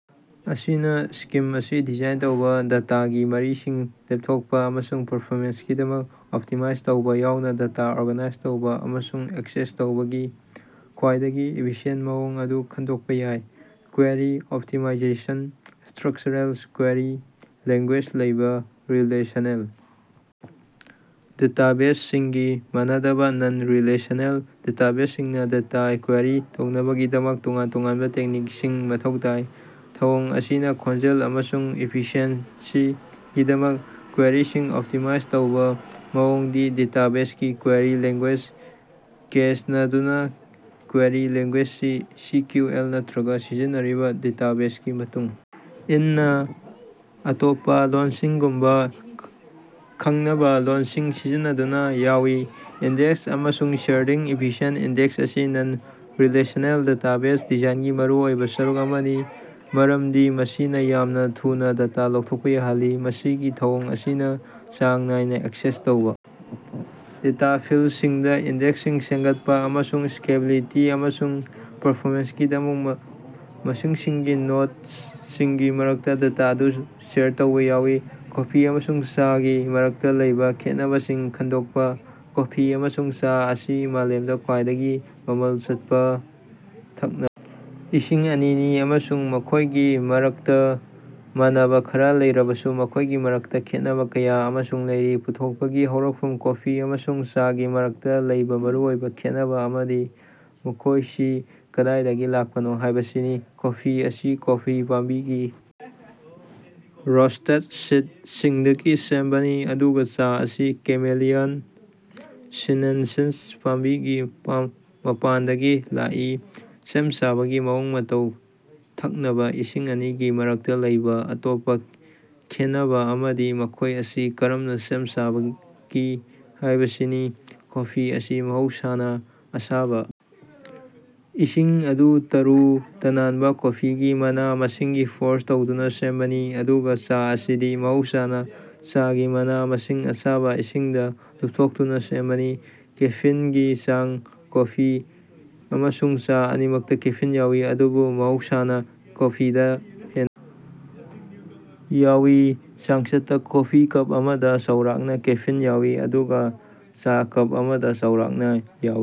ꯑꯁꯤꯅ ꯁꯀꯤꯝ ꯑꯁꯤ ꯗꯤꯖꯥꯏꯟ ꯇꯧꯕ ꯗꯦꯇꯥꯒꯤ ꯃꯔꯤꯁꯤꯡ ꯂꯦꯞꯊꯣꯛꯄ ꯑꯃꯁꯨꯡ ꯄꯔꯐꯣꯃꯦꯟꯁꯀꯤꯗꯃꯛꯇ ꯑꯣꯞꯇꯤꯃꯥꯏꯖ ꯇꯧꯕ ꯌꯥꯎꯅ ꯗꯦꯇ ꯑꯣꯔꯒꯥꯅꯥꯏꯖ ꯇꯧꯕ ꯑꯃꯁꯨꯡ ꯑꯦꯛꯁꯦꯁ ꯇꯧꯕꯒꯤ ꯈ꯭ꯋꯥꯏꯗꯒꯤ ꯏꯐꯤꯁꯤꯑꯦꯟ ꯑꯣꯏꯕ ꯃꯑꯣꯡ ꯑꯗꯨ ꯈꯪꯗꯣꯛꯄ ꯌꯥꯏ꯫ Query optimisation structural query language ꯂꯩꯕ ꯔꯤꯂꯦꯁꯅꯦꯜ ꯗꯦꯇꯥꯕꯦꯖꯁꯤꯡꯒ ꯃꯥꯟꯅꯗꯅ ꯅꯟꯔꯤꯂꯦꯁꯅꯦꯜ ꯗꯦꯇꯥꯕꯦꯖꯁꯤꯡꯅ ꯗꯦꯇ ꯀꯕꯦꯔꯤ ꯇꯧꯅꯕꯒꯤꯗꯃꯛ ꯇꯣꯉꯥꯟ ꯇꯣꯉꯥꯅꯕ ꯇꯦꯛꯅꯤꯛꯁꯤꯡ ꯃꯊꯧ ꯇꯥꯏ꯫ ꯊꯧꯑꯣꯡ ꯑꯁꯤꯅ ꯈꯣꯡꯖꯦꯜ ꯑꯃꯁꯨꯡ ꯏꯐꯤꯁꯤꯑꯦꯟꯁꯤꯒꯤꯗꯃꯛꯇ ꯀꯕꯦꯔꯤꯁꯤꯡ ꯑꯣꯞꯇꯤꯃꯥꯏꯖ ꯇꯧꯕ ꯃꯣꯡꯒꯣꯗꯤꯕꯤꯒꯤ query language Cassandra query language C Q L ꯅꯠꯇ꯭ꯔꯒ ꯁꯤꯖꯤꯟꯅꯔꯤꯕ ꯗꯦꯇꯥꯕꯦꯖꯒꯤ ꯃꯇꯨꯡ ꯏꯟꯅ ꯑꯇꯣꯞꯄ ꯂꯣꯟꯁꯤꯡꯒꯨꯝꯕ ꯑꯈꯟꯅꯕ ꯂꯣꯟꯁꯤꯡ ꯁꯤꯖꯤꯟꯅꯗꯨꯅ ꯌꯥꯎꯏ꯫ ꯏꯟꯗꯦꯛꯁ ꯑꯃꯁꯨꯡ ꯁꯦꯌꯔꯗꯤꯡ ꯏꯐꯤꯁꯤꯑꯦꯟ ꯏꯟꯗꯦꯛꯁ ꯑꯁꯤ ꯅꯟꯔꯤꯂꯦꯁꯅꯦꯜ ꯗꯦꯇꯥꯕꯦꯖ ꯗꯤꯖꯥꯏꯟꯒꯤ ꯃꯔꯨꯑꯣꯏꯕ ꯁꯔꯨꯛ ꯑꯃꯅꯤ ꯃꯔꯝꯗꯤ ꯃꯁꯤꯅ ꯌꯥꯝꯅ ꯊꯨꯅ ꯗꯦꯇ ꯂꯧꯊꯣꯛꯄ ꯌꯥꯍꯜꯂꯤ꯫ ꯃꯁꯤꯒꯤ ꯊꯧꯑꯣꯡ ꯑꯁꯤꯅ ꯆꯥꯡ ꯅꯥꯏꯅ ꯑꯦꯛꯁꯦꯁ ꯇꯧꯕ ꯗꯦꯇ ꯐꯤꯜꯁꯤꯡꯗ ꯏꯟꯗꯦꯛꯁꯤꯡ ꯁꯦꯝꯒꯠꯄ ꯑꯃꯁꯨꯡ ꯁꯀꯦꯂꯦꯕꯤꯂꯤꯇꯤ ꯑꯃꯁꯨꯡ ꯄꯔꯐꯣꯃꯦꯟꯁꯀꯤꯗꯃꯛꯇ ꯃꯁꯤꯡ ꯌꯥꯝꯂꯕ ꯅꯣꯠꯁꯤꯡꯒꯤ ꯃꯔꯛꯇ ꯗꯦꯇ ꯑꯗꯨ ꯁꯦꯌꯔ ꯇꯧꯕ ꯌꯥꯎꯏ꯫ ꯀꯣꯐꯤ ꯑꯃꯁꯨꯡ ꯆꯥꯒꯤ ꯃꯔꯛꯇ ꯂꯩꯕ ꯈꯦꯠꯅꯕꯁꯤꯡ ꯈꯪꯗꯣꯛꯄ꯫ ꯀꯣꯐꯤ ꯑꯃꯁꯨꯡ ꯆꯥ ꯑꯁꯤ ꯃꯥꯂꯦꯝꯗ ꯈ꯭ꯋꯥꯏꯗꯒꯤ ꯃꯃꯤꯡ ꯆꯠꯄ ꯊꯛꯅꯕ ꯏꯁꯤꯡ ꯑꯅꯤꯅꯤ ꯑꯃꯁꯨꯡ ꯃꯈꯣꯏꯒꯤ ꯃꯔꯛꯇ ꯃꯥꯟꯅꯕ ꯈꯔ ꯂꯩꯔꯕꯁꯨ ꯃꯈꯣꯏꯒꯤ ꯃꯔꯛꯇ ꯈꯦꯠꯅꯕ ꯀꯌꯥ ꯑꯃꯁꯨ ꯂꯩ꯫ ꯄꯨꯊꯣꯛꯄꯒꯤ ꯍꯧꯔꯛꯐꯝ ꯀꯣꯐꯤ ꯑꯃꯁꯨꯡ ꯆꯥꯒꯤ ꯃꯔꯛꯇ ꯂꯩꯕ ꯃꯔꯨꯑꯣꯏꯕ ꯈꯦꯠꯅꯕ ꯑꯃꯗꯤ ꯃꯈꯣꯏ ꯑꯁꯤ ꯀꯗꯥꯏꯗꯒꯤ ꯂꯥꯛꯄꯅꯣ ꯍꯥꯏꯕꯁꯤꯅꯤ꯫ ꯀꯣꯐꯤ ꯑꯁꯤ ꯀꯣꯐꯤ ꯄꯥꯝꯕꯤꯒꯤ ꯔꯣꯁꯇꯦꯠ ꯁꯤꯠꯁꯤꯡꯗꯒꯤ ꯁꯦꯝꯕꯅꯤ ꯑꯗꯨꯒ ꯆꯥ ꯑꯁꯤ ꯀꯦꯃꯦꯂꯤꯌꯥ ꯁꯤꯅꯦꯟꯁꯤꯁ ꯄꯥꯝꯕꯤꯒꯤ ꯃꯄꯥꯟꯗꯒꯤ ꯂꯥꯛꯏ꯫ ꯁꯦꯝ ꯁꯥꯕꯒꯤ ꯃꯑꯣꯡ ꯃꯇꯧ ꯊꯛꯅꯕ ꯏꯁꯤꯡ ꯑꯅꯤꯒꯤ ꯃꯔꯛꯇ ꯂꯩꯕ ꯑꯇꯣꯞꯄ ꯈꯦꯟꯅꯕ ꯑꯃꯗꯤ ꯃꯈꯣꯏ ꯑꯁꯤ ꯀꯔꯝꯅ ꯁꯦꯝ ꯁꯥꯕꯒꯦ ꯍꯥꯏꯕꯁꯤꯅꯤ꯫ ꯀꯣꯐꯤ ꯑꯁꯤ ꯃꯍꯧꯁꯥꯅ ꯑꯁꯥꯕ ꯏꯁꯤꯡ ꯑꯗꯨ ꯇꯔꯨ ꯇꯅꯥꯟꯕ ꯀꯣꯐꯤꯒꯤ ꯃꯅꯥ ꯃꯁꯤꯡꯒꯤ ꯐꯣꯔꯁ ꯇꯧꯗꯨꯅ ꯁꯦꯝꯕꯅꯤ ꯑꯗꯨꯒ ꯆꯥ ꯑꯁꯤꯗꯤ ꯃꯍꯧꯁꯥꯅ ꯆꯥꯒꯤ ꯃꯅꯥ ꯃꯁꯤꯡ ꯑꯁꯥꯕ ꯏꯁꯤꯡꯗ ꯂꯨꯞꯊꯣꯛꯇꯨꯅ ꯁꯦꯝꯕꯅꯤ꯫ ꯀꯦꯐꯤꯟꯒꯤ ꯆꯥꯡ ꯀꯣꯐꯤ ꯑꯃꯁꯨꯡ ꯆꯥ ꯑꯅꯤꯃꯛꯇ ꯀꯦꯐꯤꯟ ꯌꯥꯎꯏ ꯑꯗꯨꯕꯨ ꯃꯍꯧꯁꯥꯅ ꯀꯣꯐꯤꯗ ꯍꯦꯟꯅ ꯌꯥꯎꯏ꯫ ꯆꯥꯡꯆꯠꯇ ꯀꯣꯐꯤ ꯀꯞ ꯑꯃꯗ ꯆꯥꯎꯔꯥꯛꯅ ꯀꯦꯐꯤꯟ ꯌꯥꯎꯏ ꯑꯗꯨꯒ ꯆꯥ ꯀꯞ ꯑꯃꯗ ꯆꯥꯎꯔꯥꯛꯅ ꯌꯥꯎꯏ꯫